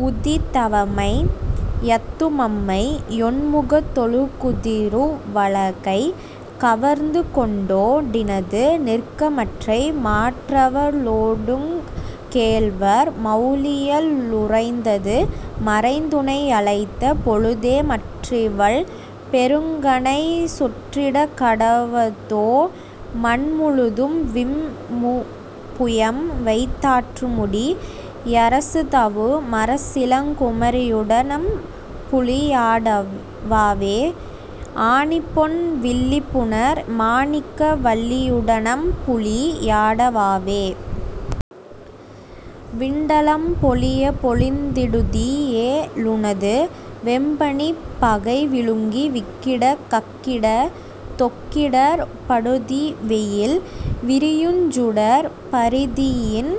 வுதித்தவமை யத்துமம்மை யொண்முகத் தொழுகுதிரு வழகைக் கவர்ந்துகொண் to டினது நிற்கமற்றை மாற்றவ ளொடுங் கேள்வர் மௌலியி லுறைந்தது மறைந்துனை யழைத்த பொழுதே மற்றிவள் பெருங்கடை சொற்றிடக் கடவதோ மண்முழுதும் விம்முபுயம் வைத் தாற்றுமுடி யரசுதவு மரசிளங் குமரியுட னம்புலீ யாடவாவே ஆணிப்பொன் வில்லிபுணர் மாணிக்க வல்லியுட னம்புலீ யாடவாவே. விண்டலம் பொலியப் பொலிந்திடுதி யேலுனது வெம்பணிப் பகை விழுங்கி விக்கிடக் கக்கிடத் தொக்கிடர்ப் படுதிவெயில் விரியுஞ் சுடர்ப் பரிதியின்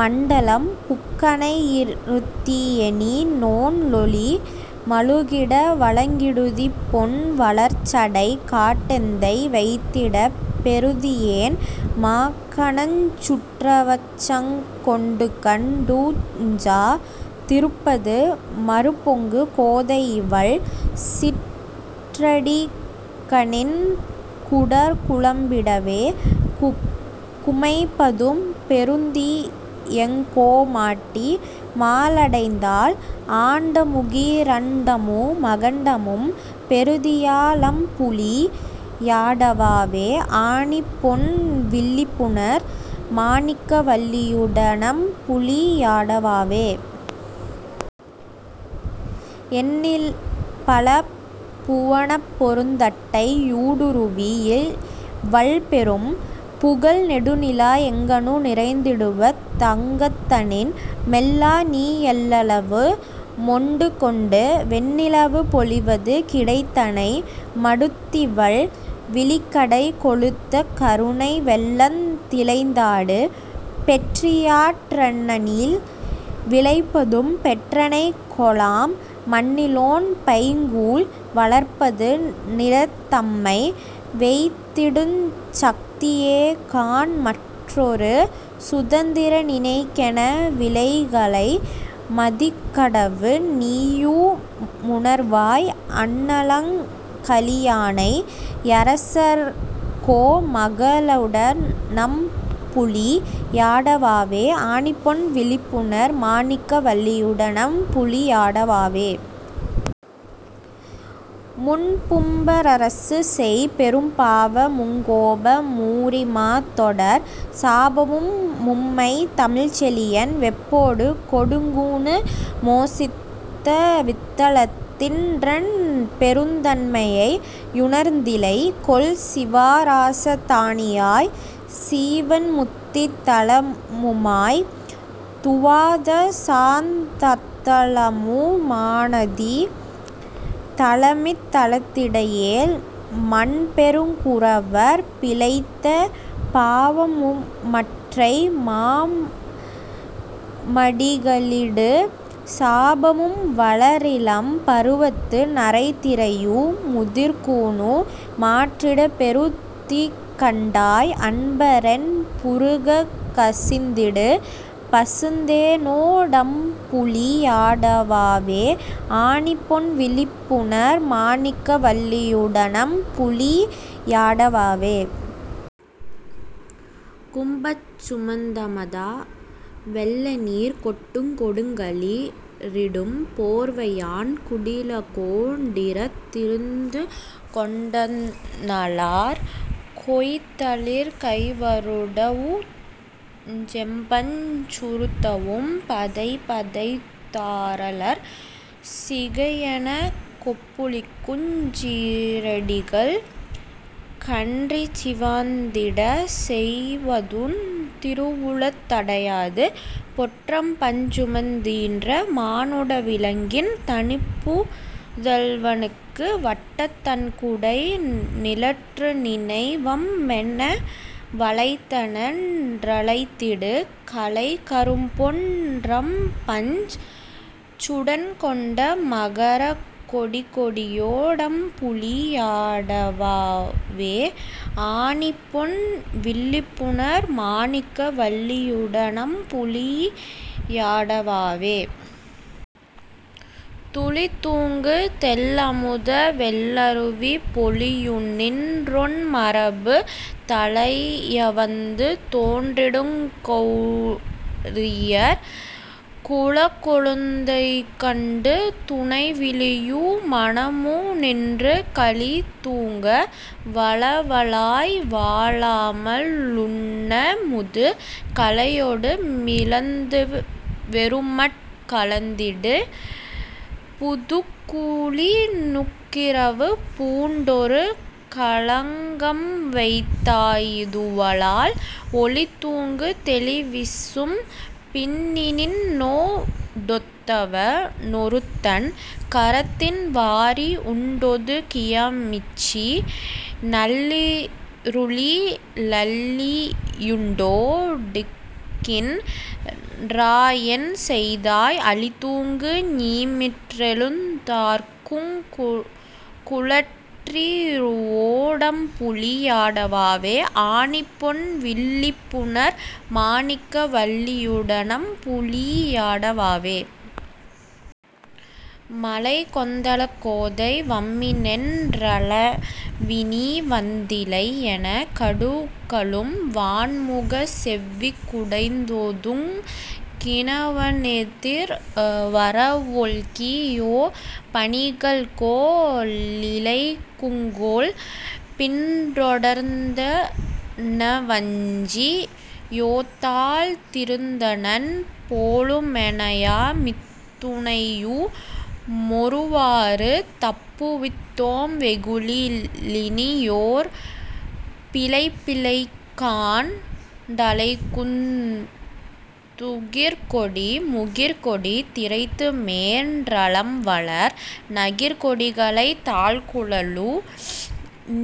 மண்டலம் புக்கனை யிருத்தியெனி னொன்ளொளி மழுங்கிட வழுங்கிடுதிபொன் வளர்சடைக் காட்டெந்தை வைத்திடப் பெறுதியேன் மாகணஞ் சுற்றவச்சங் கொண்டுகண் டுஞ்சா திருப்பது மருப்பொங்கு கோதையிவள் சிற்றடிகணின் குடர் குழம்பிடவே குமைப்பதும் பெறுதியெங் கோமாட்டி மாலடைந்தால் அண்டபுகி ரண்டமு மகண்டமும் பெறுதியா லம்புலீ யாடவாவே ஆணிப்பொன் வில்லிபுணர் மாணிக்க வல்லியுட னம்புலீ யாடவாவே. எண்ணில்பல புவனப்பெருந் தட்டை யூடுருவி யிவள்பெரும் புகழ் நெடுநிலா எங்கணு நிறைந்திடுவ தங்கதனின் மெள்ளநீ யெள்ளளவு மொண்டுகொண்டு வெண்ணிலவு பொழிவது கிடைத்தனை மடுத்திவள் விழிக்கடை கொழித்த கருணை வெள்ளந் திளைத்தாடு பெற்றியாற் றண்ணளி விளைப்பதும் பெற்றனை கொலாம் மண்ணிலொண் பைங்கூழ் வளர்ப்பது னிடத்தம்மை வைத்திடுஞ் சத்தியேகாண் மற்றொரு சுதந்திர நினைக்கென விலைகலை மதிக்கடவு ணீயுமுணர்வாய் அண்ணலங் களியானை யரசர்கோ மகளுட னம்புலீ யாடவாவே ஆணிப்பொன் வில்லிபுணர் மாணிக்க வல்லியுட னம்புலீ யாடவாவே. முன்பும்ப ரரசுசெய் பெரும்பாவ முங்கோப மூரிமாத் தொடர் சாபமும் மும்மைத் தமிழ்செழியன் வெப்பொடு கொடுங்கூனு மோசித்த வித்தலத்தின் றன்பெருந் தன்மையை யுணர்ந்திலை கொல் சிவாராச தானியாய்ச் சீவன்முத்தித் தலமுமாய்த் துவாதசாந் தத்தலமு மானதித் தலமித் தலத்திடையேல் மன்பெருங் குரவர் பிழைத்த பாவமுமற்றை மாமடிகளிடு சாபமும் வளரிளம் பருவத்து நரைதிரையு முதிர்கூனு மாற்றிடப் பெறுதிகண்டாய் அன்பரென் புருகக் கசிந்திடு பசுந்தேனொ டம்புலீ யாடவாவே ஆணிப்பொன் வில்லிபுணர் மாணிக்க வல்லியுட னம்புலீ யாடவாவே. கும்பஞ் சுமந்தமத வெள்ளநீர் கொட்டுங் கொடுங்களி றிடும்போர்வையான் குடிலகோ டீரத் திருந்துகொண் டந்நலார் கொய்தளிர்க் கைவருடவுஞ் செம்பஞ் சுறுத்தவும் பதைபதைத் தாரழற் சிகையெனக் கொப்புளிக்குஞ் சீறடிகள் கன்றிச் சிவந்திட செய்வதுந் திருவுளத் தடையாது பொற் றம்பஞ் சுமந்தீன்ற மானுட விலங்கின் தனிப்புதல்வனுக்கு வட்டத் தண்குடை நிழற்றுநினை வம்மென வழைத்தன டழைத்திடு கழைக் கரும்பொன் றம்பஞ் சுடன்கொண்ட மகரக் கொடிக்கொடியொ டம்புலீ யாடவாவே ஆணிப்பொன் வில்லிபுணர் மாணிக்க வல்லியுட னம்புலீ யாடவாவே. துளிதூங்கு தெள்ளமுத வெள்ளருவி பொழியுநின் றொன்மரபு தழையவந்து தோன்றிடுங் கௌரியர் குலக்கொழுந்தைக்கண்டு துணைவிழியு மனமுநின்று களிதூங்க வளவளாய் வாழாம லுண்ணமுது கலையொடு மிழந்துவெறுமட் கலத்திடு புதுக்கூ ழினுக்கிரவு பூண்டொரு களங்கம்வைத் தாயிதுவலால் ஒளிதூங்கு தெளிவிசும் பினினின்னொ டொத்தவ னொருத்தன் கரத்தின் வாரி உண்டொதுக் கியமிச்சி நள்ளிருளி லள்ளியுண் டோ டுகின் றாயென் செய்தாய் அளிதூங்கு ஞிமிறெழுந் தார்க்குங் குழற்றிருவொ டம்புலீ யாடவாவே ஆணிப்பொன் வில்லிபுணர் மாணிக்க வல்லியுட னம்புலீ யாடவாவே. மழைகொந் தளக்கோதை வம்மினென் றளவினீ வந்திலை யெனக் கடுகலும் வாண்முகச் செவ்விக் குடைந்தொதுங் கினவனெதிர் வரவொல்கி யோபணிகள்கோ ளிழைக்குங்கொல் பின்றொடர்ந் தெனவஞ்சி யோதாழ்த் திருந்தனன் போலுமெனயா மித்துணையு மொருவாறு தப்புவித் தோம்வெகுளி லினியொரு பிழைப்பில்லைகாண் டழைக்குந் துகிற்கொடி முகிற்கொடி திரைத்துமேற் றலம்வளர் நகிற்கொடிகளைத் தாழ்குழலு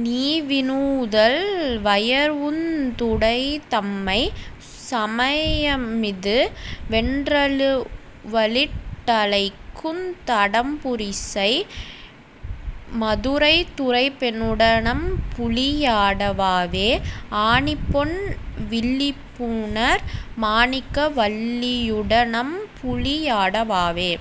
நீவிநுதல் வெயர்வுந் துடைதம்மை சமயமிது வென்றலுவலிட் டழைக்குந் தடம்புரிசை மதுரைத் துரைப்பெணுட னம்புலீ யாடவாவே ஆணிப்பொன் வில்லிபுணர் மாணிக்க வல்லியுட னம்புலீ யாடவாவே.